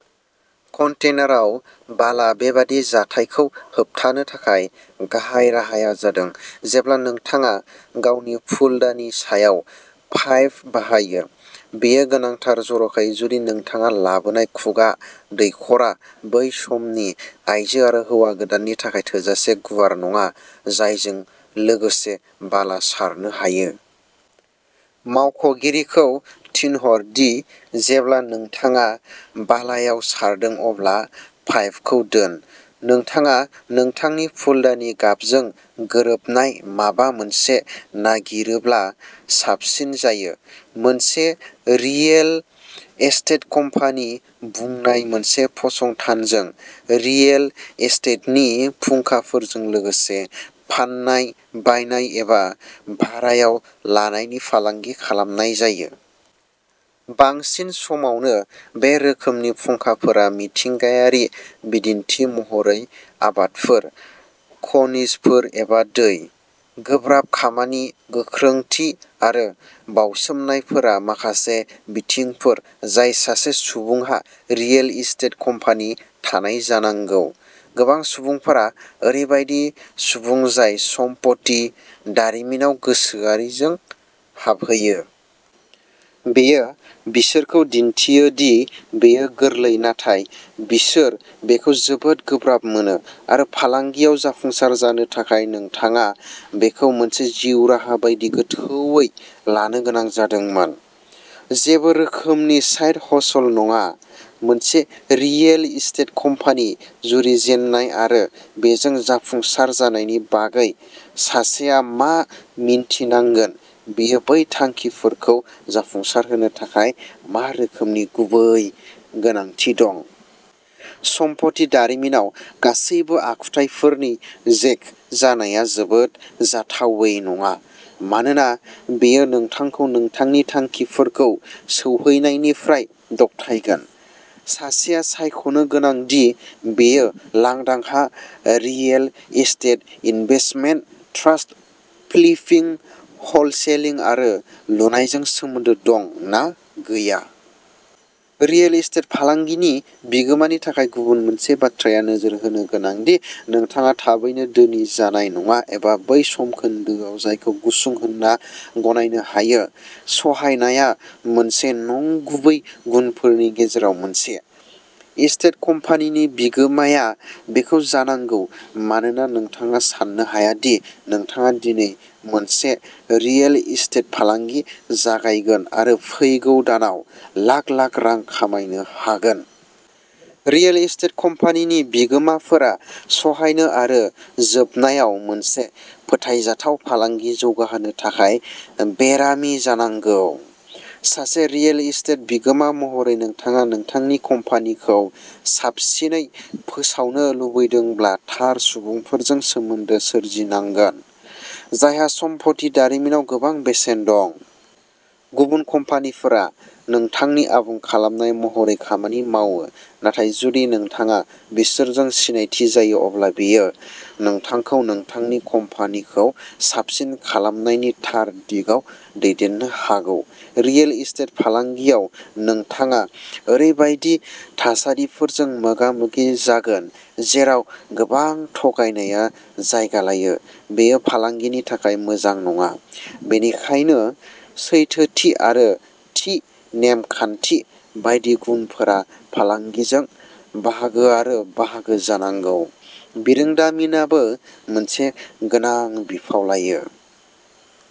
कन्टेनाराव बाला बेबादि जाथायखौ होबथानो थाखाय गाहाय राहाया जादों जेब्ला नोंथाङा गावनि फुलदानि सायाव पाइप बाहायो। बेयो गोनांथार, जर'खायै जुदि नोंथाङा लाबोनाय खुगा दैखरआ बै समनि आइजो आरो हौवा गोदाननि थाखाय थोजासे गुवार नङा, जायजों लोगोसे बाला सारनो हायो। मावख'गिरिखौ थिनहर दि जेब्ला नोंथाङा बालायाव सारदों अब्ला पाइपखौ दोन। नोंथाङा नोंथांनि फुलदानि गाबजों गोरोबनाय माबा मोनसे नागिरोब्ला साबसिन जायो। मोनसे रियेल एस्टेट कम्पानि बुंनाय मोनसे फसंथानजों रियेल एस्टेटनि फुंखाफोरजों लोगोसे फाननाय, बायनाय एबा भारायाव लानायनि फालांगि खालामनाय जायो। बांसिन समावनो बे रोखोमनि फुंखाफोरा मिथिंगायारि बिदिन्थि महरै आबादफोर, खनिजफोर एबा दै। गोब्राब खामानि, गोख्रोंथि आरो बाउसोमनायफोरा माखासे बिथिंफोर जाय सासे सुबुंहा रियेल एस्टेट कम्पानि थानाय जानांगौ। गोबां सुबुंफोरा ओरैबायदि सुबुं जाय सम्पथि दारिमिनाव गोसोआरिजों हाबहैयो। बेयो बिसोरखौ दिन्थियो दि बेयो गोरलै नाथाय, बिसोर बेखौ जोबोद गोब्राब मोनो आरो फालांगियाव जाफुंसार जानो थाखाय नोंथाङा बेखौ मोनसे जिउ राहा बायदि गोथौवै लानो गोनां जादोंमोन, जेबो रोखोमनि साइड हसल नङा। मोनसे रियेल एस्टेट कम्पानि जुरिजेननाय आरो बेजों जाफुंसार जानायनि बागै सासेआ मा मिन्थिनांगोन, बेयो बै थांखिफोरखौ जाफुंसारहोनो थाखाय मा रोखोमनि गुबै गोनांथि दं। सम्पथि दारिमिनाव गासैबो आखुथाइफोरनि जैक जानाया जोबोद जाथावै नङा मानोना बेयो नोंथांखौ नोंथांनि थांखिफोरखौ सौहैनायनिफ्राय दबथायगोन। सासेआ सायख'नो गोनां दि बेयो लांदां हा, real estate investment trust, flipping, wholesaling आरो लुनायजों सोमोन्दो दं ना गैया। रियेल एस्टेट फालांगिनि बिगोमानि थाखाय गुबुन मोनसे बाथ्राया नोजोर होनो गोनां दि नोंथाङा थाबैनो धोनि जानाय नङा एबा बै समखोन्दोआव जायखौ गुसुं होनना गनायनो हायो। सहायनाया मोनसे नंगुबै गुनफोरनि गेजेराव मोनसे। एस्टेट कम्पानिनि बिगोमाया बेखौ जानांगौ मानोना नोंथाङा साननो हाया दि नोंथाङा दिनै मोनसे रियेल एस्टेट फालांगि जागायगोन आरो फैगौ दानाव लाख लाख रां खामायनो हागोन। रियेल एस्टेट कम्पानिनि बिगोमाफोरा सहायनो आरो जोबनायाव मोनसे फोथायजाथाव फालांगि जौगाहोनो थाखाय बेरामि जानांगौ। सासे रियेल एस्टेट बिगोमा महरै नोंथाङा नोंथांनि कम्पानिखौ साबसिनै फोसावनो लुबैदोंब्ला थार सुबुंफोरजों सोमोन्दो सोरजिनांगोन, जायहा सम्पथि दारिमिनाव गोबां बेसेन दं। गुबुन कम्पानिफोरा नोंथांनि आबुं खालामनाय महरै खामानि मावो, नाथाय जुदि नोंथाङा बिसोरजों सिनायथि जायो, अब्ला बेयो नोंथांखौ नोंथांनि कम्पानिखौ साबसिन खालामनायनि थार दिगाव दैदेननो हागौ। रियेल एस्टेट फालांगियाव नोंथाङा ओरैबायदि थासारिफोरजों मोगा-मोगि जागोन जेराव गोबां थगायनाया जायगा लायो, बेयो फालांगिनि थाखाय मोजां नङा, बेनिखायनो सैथोथि आरो थि नेम खान्थि बायदि गुनफोरा फालांगिजों बाहागो आरो बाहागो जानांगौ। बिरोंदामिनआबो मोनसे गोनां बिफाव लायो।